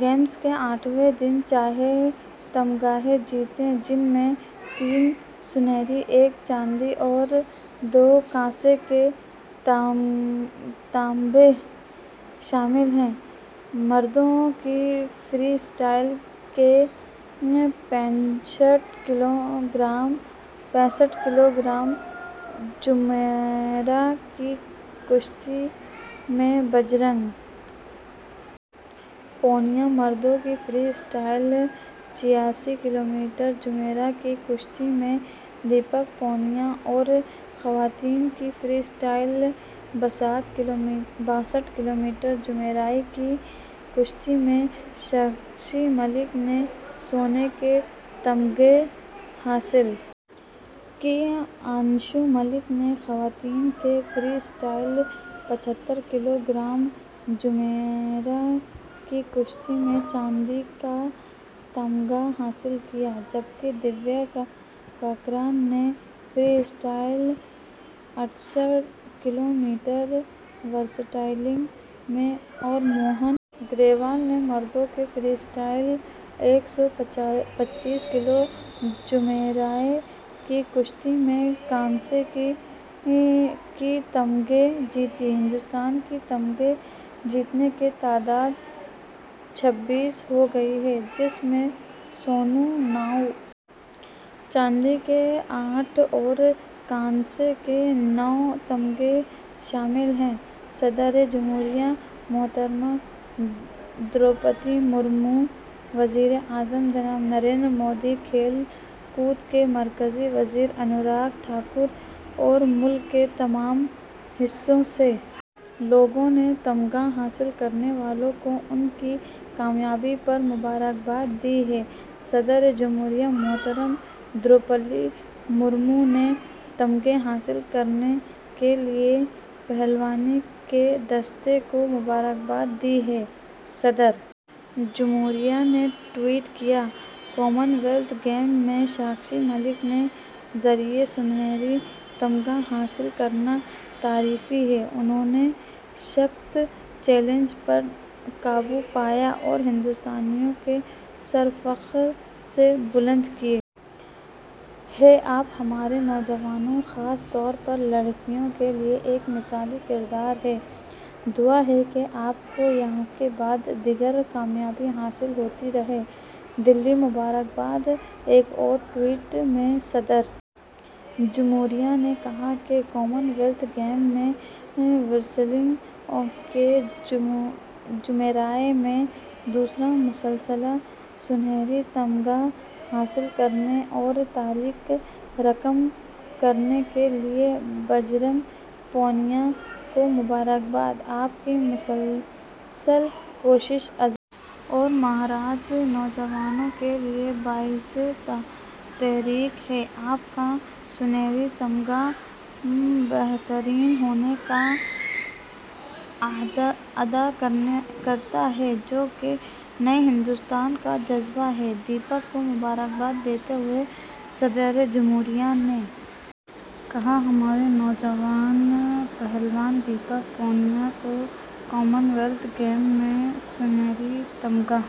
game کے آٹھویں دن چھ تمغے جیتے جن میں تین طلائی ایک چاندی اور دو کانسے کے تمغے شامل ہیں مردوں کی فری اسٹائل کے پینسٹھ کلو گرام زمرے کی کشتی میں بجرنگ پونیا مردوں کی فری اسٹائل چھیاسی کلو گرام زمرے کی کشتی میں دیپک پونیا اور خواتین کی فری اسٹائل باسٹھ کلو گرام زمرے کی کشتی میں ساکشی ملک نے سونے کے تمغے حاصل کیے انشو ملک نے خواتین کے فری اسٹائل پچھتر کلو گرام زمرے کی کشتی میں چاندی کا تمغہ حاصل کیا جبکہ دیویا کاکران نے فری اسٹائل اڑسٹھ کلو گرام ریسلنگ میں اور موہن گریوال نے مردوں کے فری اسٹائل ایک سو پچیس کلو گرام زمرے کی کشتی میں کانسے کے تمغے جیتے ہندوستان کی تمغے جیتنے کی تعداد چھبیس ہو گئی ہے جس میں سونے نو چاندی کے آٹھ اور کانسے کے نو تمغے شامل ہیں صدر جمہوریہ محترمہ دروپدی مرمو وزیر اعظم جناب نریندر مودی کھیل کود کے مرکزی وزیر انوراگ ٹھاکر اور ملک کے تمام حصوں سے لوگوں نے تمغہ حاصل کرنے والوں کو ان کی کامیابی پر مبارکباد دی ہے صدر جمہوریہ محترمہ دروپدی مرمو نے تمغے حاصل کرنے کے لیے پہلوانی کے دستے کو مبارکباد دی ہے صدر جمہوریہ نے ٹوئٹ کیا کامن ویلتھ گیمز میں ساکشی ملک کے ذریعے طلائی تمغہ حاصل کرنا تعریفی ہے انہوں نے سخت چیلنجوں پر قابو پایا اور ہندوستانیوں کا سر فخر سے بلند کیا ہے آپ ہمارے نوجوانوں خاص طور پر لڑکیوں کے لیے ایک مثالی کردار ہیں دعا ہے کہ آپ کو یکے بعد دیگرے کامیابی حاصل ہوتی رہے دلی مبارکباد ایک اور ٹوئٹ میں صدر جمہوریہ نے کہا کہ کامن ویلتھ گیمز میں ریسلنگ کے زمرے میں دوسرا مسلسل طلائی تمغہ حاصل کرنے اور تاریخ رقم کرنے کے لیے بجرنگ پونیا کو مبارکباد آپ کی مسلسل کاوش عزم اور مہارت نوجوانوں کے لیے باعث تحریک ہے آپ کا طلائی تمغہ بہترین ہونے کا اعادہ کرتا ہے جو کہ نئے ہندوستان کا جذبہ ہے دیپک کو مبارکباد دیتے ہوئے صدر جمہوریہ نے کہا ہمارے نوجوان پہلوان دیپک پونیا کو کامن ویلتھ گیمز میں طلائی تمغہ